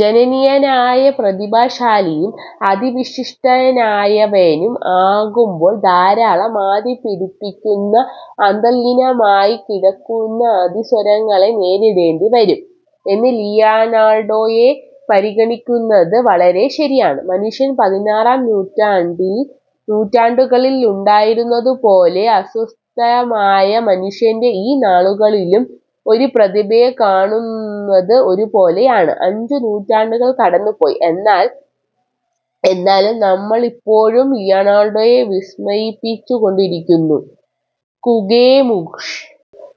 ജനനീയനായ പ്രതിഭാശാലിയും അതിവിശിഷ്ടനായവനും ആകുമ്പോൾ ധാരാളം ആധിപിടിപ്പിക്കുന്ന, അന്തർലീനമായി കിടക്കുന്ന അതിസ്വരങ്ങളെ നേരിടേണ്ടി വരും എന്ന് ലിയനാർഡോയെ പരിഗണിക്കുന്നത് വളരെ ശരിയാണ്. മനുഷ്യൻ പതിനാറാം നൂറ്റാണ്ടുകളിൽ ഉണ്ടായിരുന്നതുപോലെ, അസ്വസ്ഥമായ മനുഷ്യൻ്റെ ഈ നാളുകളിലും ഒരു പ്രതിഭയെ കാണുന്നത് ഒരുപോലെയാണ്. അഞ്ച് നൂറ്റാണ്ടുകൾ കടന്നുപോയി, എന്നാലും നമ്മെയിപ്പോഴും ലിയനാർഡോ വിസ്മയിപ്പിച്ചുകൊണ്ടിരിക്കുന്നു. കഗേമുഷ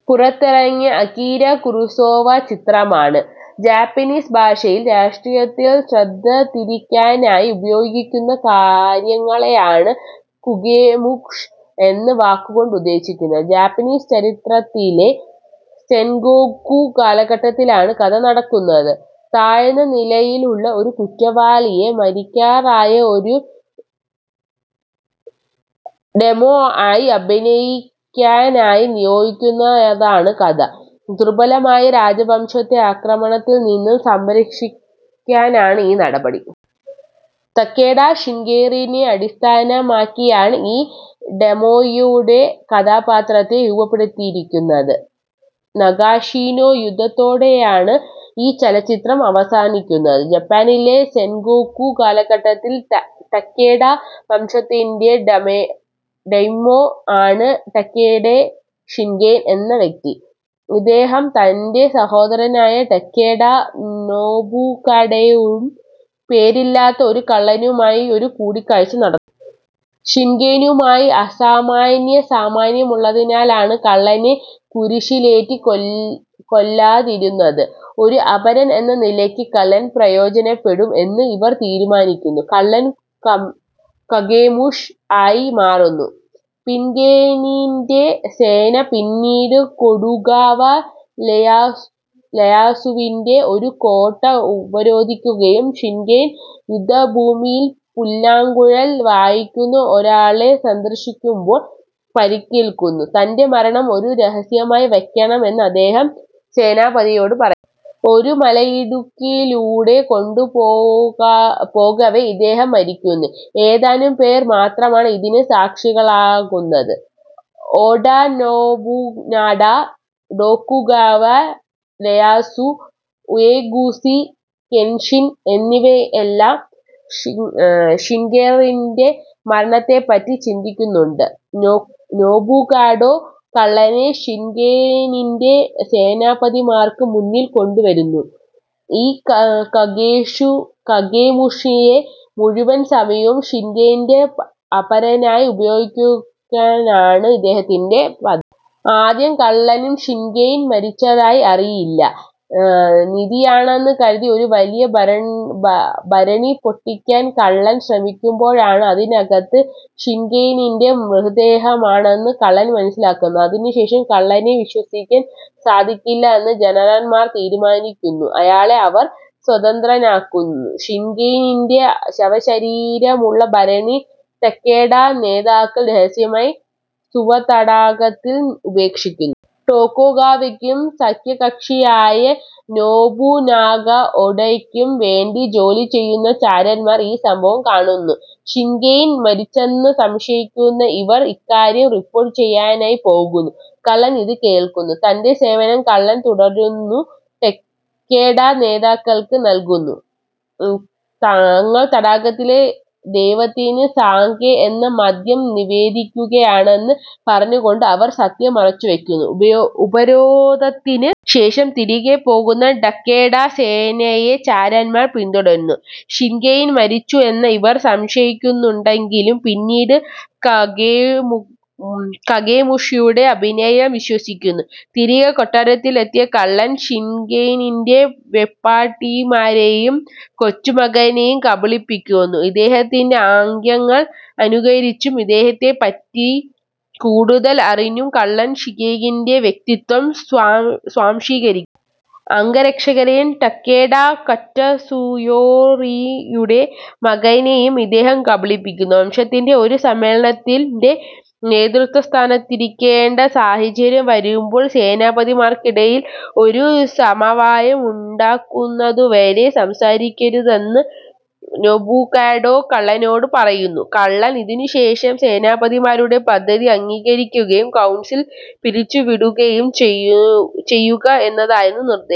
പുറത്തിറങ്ങിയ അകിര കുറോസാവ ചിത്രമാണ്. ജാപ്പനീസ് ഭാഷയിൽ രാഷ്ട്രീയത്തിൽ ശ്രദ്ധതിരിക്കാനായി ഉപയോഗിക്കുന്ന കാര്യങ്ങളെയാണ് കഗേമുഷ എന്ന വാക്കുകൊണ്ടുദ്ദേശിക്കുന്നത്. ജാപ്പനീസ് ചരിത്രത്തിലെ സെൻഗോക്കു കാലഘട്ടത്തിലാണ് കഥ നടക്കുന്നത്. താഴ്ന്ന നിലയിലുള്ള ഒരു കുറ്റവാളിയെ മരിക്കാറായ ഒരു ഡേയ്മ്യോ ആയി അഭിനയിക്കാനായി നിയോഗിക്കുന്നതാണ് കഥ. ദുർബലമായ രാജവംശത്തെ ആക്രമണത്തിൽ നിന്ന് സംരക്ഷിക്കാനാണ് ഈ നടപടി. തകേഡ ഷിൻഗെനിനെ അടിസ്ഥാനമാക്കിയാണ് ഈ ഡേയ്മ്യോയുടെ കഥാപാത്രത്തെ രൂപപ്പെടുത്തിയിരിക്കുന്നത്. നഗാഷിനോ യുദ്ധത്തോടെയാണ് ഈ ചലച്ചിത്രം അവസാനിക്കുന്നത്. ജപ്പാനിലെ സെൻഗോക്കു കാലഘട്ടത്തിൽ ടകേഡ വംശത്തിൻ്റെ ഡേയ്മ്യോ ആണ് ടകേഡ ഷിൻഗെൻ എന്ന വ്യക്തി. ഇദ്ദേഹം തൻ്റെ സഹോദരനായ ടകേഡ നോബുകാഡോയും പേരില്ലാത്ത ഒരു കള്ളനുമായി ഒരു കൂടിക്കാഴ്ച നടത്തുന്നു. ഷിൻഗെനുമായി അസാമാന്യ സാമ്യമുള്ളതിനാലാണ് കള്ളനെ കുരിശിലേറ്റി കൊല്ലാതിരുന്നത്. ഒരു അപരൻ എന്ന നിലയ്ക്ക് കള്ളൻ പ്രയോജനപ്പെടും എന്ന് ഇവർ തീരുമാനിക്കുന്നു. കള്ളൻ കഗേമുഷ ആയിമാറുന്നു. ഷിൻഗെനിൻ്റെ സേന പിന്നീട് ടോകുഗാവ ലെയാസുവിൻ്റെ ഒരു കോട്ട ഉപരോധിക്കുന്നു. ഷിൻഗെൻ യുദ്ധഭൂമിയിൽ പുല്ലാങ്കുഴൽ വായിക്കുന്ന ഒരാളെ സന്ദർശിക്കുമ്പോൾ പരിക്കേൽക്കുന്നു. തൻ്റെ മരണം ഒരു രഹസ്യമാക്കി വയ്ക്കണം എന്ന് ഇദ്ദേഹം സേനാധിപന്മാരോട് പറയുന്നു. ഒരു മലയിടുക്കിലൂടെ കൊണ്ടുപോകവേ ഇദ്ദേഹം മരിക്കുന്നു. ഏതാനും പേർ മാത്രമാണ് ഇതിന് സാക്ഷികളാകുന്നത്. Oda Nobunaga, Tokugawa Ieyasu, Uesugi Kenshin എന്നിവരെല്ലാം ഷിൻഗെനിൻ്റെ മരണത്തെപ്പറ്റി ചിന്തിക്കുന്നുണ്ട്. നൊബുകാഡോ കള്ളനെ ഷിൻഗെനിൻ്റെ സേനാധിപന്മാർക്ക് മുന്നിൽ കൊണ്ടുവരുന്നു. ഈ കഗേമുഷയെ മുഴുവൻ സമയവും ഷിൻഗെൻ്റെ അപരനായി ഉപയോഗിക്കാനാണ് ഇദ്ദേഹത്തിൻ്റെ പദ്ധതി. ആദ്യം കള്ളനും ഷിൻഗെൻ മരിച്ചതായി അറിയില്ല. നിധിയാണെന്ന് കരുതി ഒരു വലിയ ഭരണി പൊട്ടിക്കാൻ കള്ളൻ ശ്രമിക്കുമ്പോഴാണ് അതിനകത്ത് ഷിൻഗെനിൻ്റെ മൃതദേഹമാണെന്ന് കള്ളൻ മനസ്സിലാക്കുന്നത്. ഇതിനുശേഷം കള്ളനെ വിശ്വസിക്കാൻ സാധിക്കില്ലെന്ന് ജനറൽമാർ തീരുമാനിക്കുന്നു. അയാളെ അവർ സ്വതന്ത്രനാക്കുന്നു. ഷിൻഗെനിൻ്റെ ശവശരീരമുള്ള ഭരണി ടകേഡ നേതാക്കൾ രഹസ്യമായി സുവ തടാകത്തിൽ ഉപേക്ഷിക്കുന്നു. ടോകുഗാവയ്ക്കും സഖ്യകക്ഷിയായ നോബുനാഗ ഓഡയ്ക്കും വേണ്ടി ജോലി ചെയ്യുന്ന ചാരന്മാർ ഈ സംഭവം കാണുന്നു. ഷിൻഗെൻ മരിച്ചെന്ന് സംശയിക്കുന്ന ഇവർ ഇക്കാര്യം റിപ്പോർട്ട് ചെയ്യാനായി പോകുന്നു. കള്ളൻ ഇത് കേൾക്കുന്നു. തൻ്റെ സേവനം കള്ളൻ തുടർന്നും ടകേഡ നേതാക്കൾക്ക് നൽകുന്നു. തങ്ങൾ തടാകത്തിലെ ദൈവത്തിന് സാകെ എന്ന മദ്യം നിവേദിക്കുകയാണെന്ന് പറഞ്ഞുകൊണ്ട് അവർ സത്യം മറച്ചുവയ്ക്കുന്നു. ഉപരോധത്തിന് ശേഷം തിരികെ പോകുന്ന ടകേഡ സേനയെ ചാരന്മാർ പിന്തുടരുന്നു. ഷിൻഗെൻ മരിച്ചു എന്ന് ഇവർ സംശയിക്കുന്നുണ്ടെങ്കിലും പിന്നീട് കഗേമുഷയുടെ അഭിനയം വിശ്വസിക്കുന്നു. തിരികെ കൊട്ടാരത്തിലെത്തിയ കള്ളൻ ഷിൻഗെനിൻ്റെ വെപ്പാട്ടിമാരെയും കൊച്ചുമകനെയും കബളിപ്പിക്കുന്നു. ഇദ്ദേഹത്തിൻ്റെ ആംഗ്യങ്ങൾ അനുകരിച്ചും ഇദ്ദേഹത്തെപ്പറ്റി കൂടുതൽ അറിഞ്ഞും കള്ളൻ ഷിൻഗെനിൻ്റെ വ്യക്തിത്വം സ്വാംശീകരിക്കുന്നു. അംഗരക്ഷകരെയും ടകേഡ കറ്റ്സുയോറിയുടെ മകനെയും ഇദ്ദേഹം കബളിപ്പിക്കുന്നു. വംശത്തിൻ്റെ ഒരു സമ്മേളനത്തിൻ്റെ നേതൃസ്ഥാനത്തിരിക്കേണ്ട സാഹചര്യം വരുമ്പോൾ സേനാധിപന്മാർക്കിടയിൽ ഒരു സമവായം ഉണ്ടാകുന്നതുവരെ സംസാരിക്കരുതെന്ന് നോബുകാഡോ കള്ളനോട് പറയുന്നു. കള്ളൻ ഇതിനുശേഷം സേനാധിപന്മാരുടെ പദ്ധതി അംഗീകരിക്കുകയും കൗൺസിൽ പിരിച്ചുവിടുകയും ചെയ്യുക എന്നായിരുന്നു നിർദ്ദേശം.